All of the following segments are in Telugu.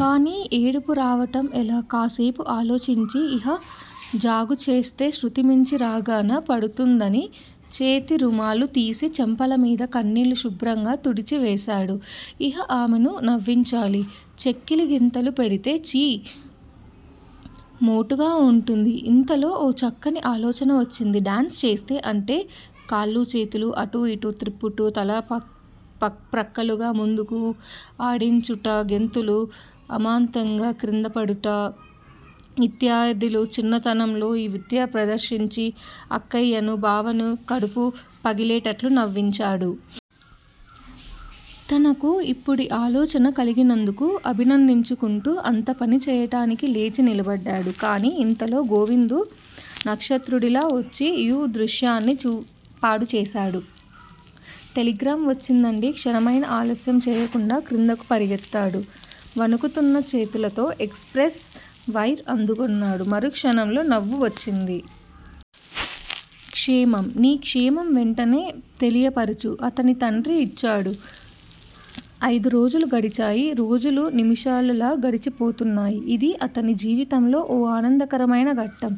కానీ ఏడుపు రావటం ఎలా? కాసేపు ఆలోచించి ఇహ జాగుచేస్తే శృతిమించి రాగాన పడుతుందని చేతిరుమాలు తీసి చెంపలమీది కన్నీళ్ళు శుభ్రంగా తుడిచివేశాడు. ఇహ ఆమెను నవ్వించాలి. చక్కిలిగింతలు పెడితే ఛీ! మోటుగా వుంటుంది. ఇంతలో ఓ చక్కని ఆలోచన వచ్చింది. డ్యాన్స్ చేస్తే? అంటే కాళ్ళూ, చేతులూ అటూ యిటూ త్రిప్పుట, తల ప్రక్కలకూ, ముందుకూ ఆడించుట, గెంతుట, అమాంతంగా క్రిందపడుట, యిత్యాదులు, చిన్నతనంలో ఈ విద్య ప్రదర్శించి అక్కయ్యనూ, బావనూ కడుపు పగిలేటట్లు నవ్వించాడు. తనకు యిప్పుడీ ఆలోచన కలిగినందుకు అభినందించుకుంటూ అంత పనీ చేయటానికి లేచి నిలబడ్డాడు. కానీ యింతలో గోవిందు నక్షత్రకుడిలా వచ్చి యీ దృశ్యాన్ని పాడుచేశాడు. టెలిగ్రాం వచ్చిందండీ. క్షణమైనా ఆలస్యం చేయకుండా క్రిందకు పరిగెత్తాడు. వణుకుతూన్న చేతులతో ఎక్స్ ప్రెస్ వైర్ అందుకున్నాడు. మరుక్షణంలో నవ్వు వచ్చింది. క్షేమం నీ క్షేమం వెంటనే తెలియపరచు. అతని తండ్రి యిచ్చాడు. అయిదురోజులు గడిచాయి. రోజులు నిముషాలలా గడిచిపోతున్నాయి. ఇది అతని జీవితంలో ఓ ఆనందకరమైన ఘట్టం.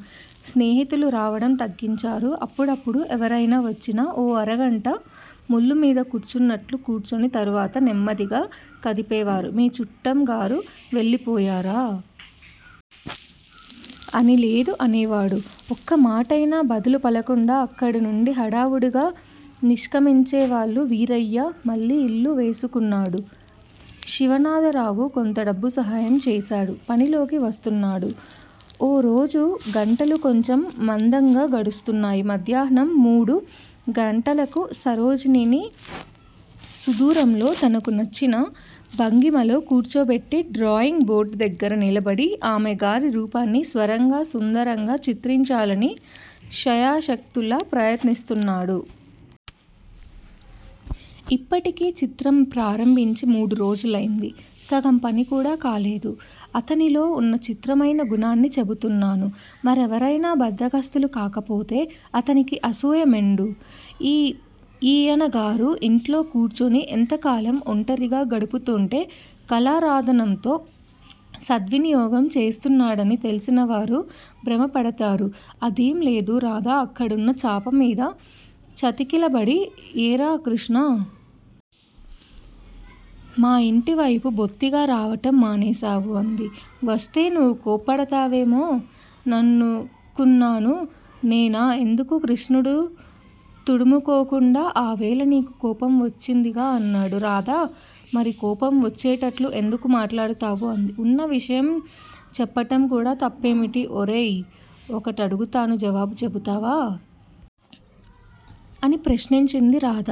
స్నేహితులు రావడం తగ్గించారు. అప్పుడప్పుడూ ఎవరైనా వచ్చినా-ఓ అరగంట ముళ్ళమీద కూర్చున్నట్లు కూర్చుని తరువాత నెమ్మదిగా కదిపేవారు మీ చుట్టంగారు వెళ్ళిపోయారా? అని. లేదు అనేవాడు. ఒక్కమాటయినా బదులు పలక్కుండా అక్కడినుండి హడావుడిగా నిష్క్రమించేవాళ్ళు. వీరయ్య మళ్ళీ యిల్లు వేసుకున్నాడు. శివనాథరావు కొంత డబ్బు సహాయం చేశాడు. పనిలోకి వస్తున్నాడు. ఓరోజు గంటలు కొంచెం మందంగా గడుస్తున్నాయి. మధ్యాహ్నం మూడు గంటలకి సరోజినిని సుదూరంలో తనకు నచ్చిన భంగిమలో కూర్చోబెట్టీ డ్రాయింగ్ బోర్డుదగ్గర నిలబడి ఆమెగారి రూపాన్ని సర్వాంగ సుందరంగా చిత్రించాలని శాయశక్తులా ప్రయత్నిస్తున్నాడు. ఇప్పటికి చిత్రం ప్రారంభించి మూడురోజులైంది. సగం పనికూడా కాలేదు. అతనిలో వున్న చిత్రమైన గుణాన్ని చెబుతున్నాను. మరెవరైనా బద్దకస్తులు కాకపోతే అతనికి అసూయ మెండు. ఈయనగారు యింట్లో కూర్చుని యింతకాలం ఒంటరిగా గడుపుతూంటే కళారాధనంలో సద్వినియోగం చేస్తున్నాడని తెలిసినవారు భ్రమపడతారు. అదేం లేదు. రాధ అక్కడున్న చాపమీద చతికిలబడి ఏరా కృష్ణా! మా ఇంటివైపు బొత్తిగా రావటం మానేశావు అంది. వస్తే నువ్వు కోప్పడుతావేమో ననుకున్నాను. నేనా? ఎందుకు? కృష్ణుడు తడుముకోకుండా ఆవేళ నీకు కోపం వచ్చిందిగా అన్నాడు. రాధ మరి కోపం వచ్చేటట్లు ఎందుకు మాట్లాడతావు అంది. ఉన్న విషయం చెప్పటంగూడా తప్పేమిటి? ఒరేయి, ఒకటడుగుతాను జవాబు చెబుతావా? అని ప్రశ్నించింది రాధ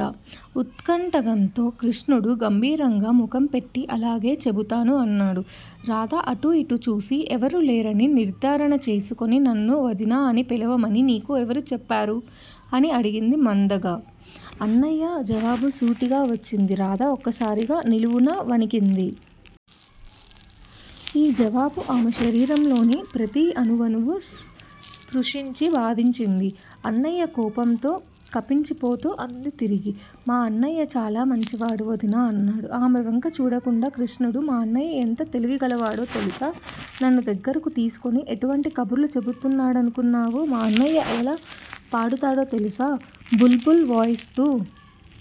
ఉత్కంఠగతో. కృష్ణుడు గంభీరంగా ముఖంపెట్టి అలాగే చెబుతాను అన్నాడు. రాధ అటూ ఇటూ చూసి, ఎవ్వరూ లేరని నిర్ధారణ చేసుకుని నన్ను వదినా అని పిలవమని నీకు ఎవరు చెప్పారు? అని అడిగింది మందంగా. అన్నయ్య. జవాబు సూటిగా వచ్చింది. రాధ ఒక్కసారిగా నిలువునా వణికింది. ఈ జవాబు ఆమె శారీరంలోని ప్రతి అణువునూ స్పృశించి బాధించింది. అన్నయ్య కోపంతో కపించిపోతూ అంది తిరిగి. మా అన్నయ్య చాలా మంచివాడు వదినా అన్నాడు ఆమె వంక చూడకుండా కృష్ణుడు. మా అన్నయ్య ఎంత తెలివిగలవాడో తెలుసా? నన్ను దగ్గరకు తీసుకుని- ఎటువంటి కబుర్లు చెపుతాడనుకున్నావు? మా అన్నయ్య ఎలా పాడుతాడో తెలుసా? బుల్ బుల్ వాయిస్తూ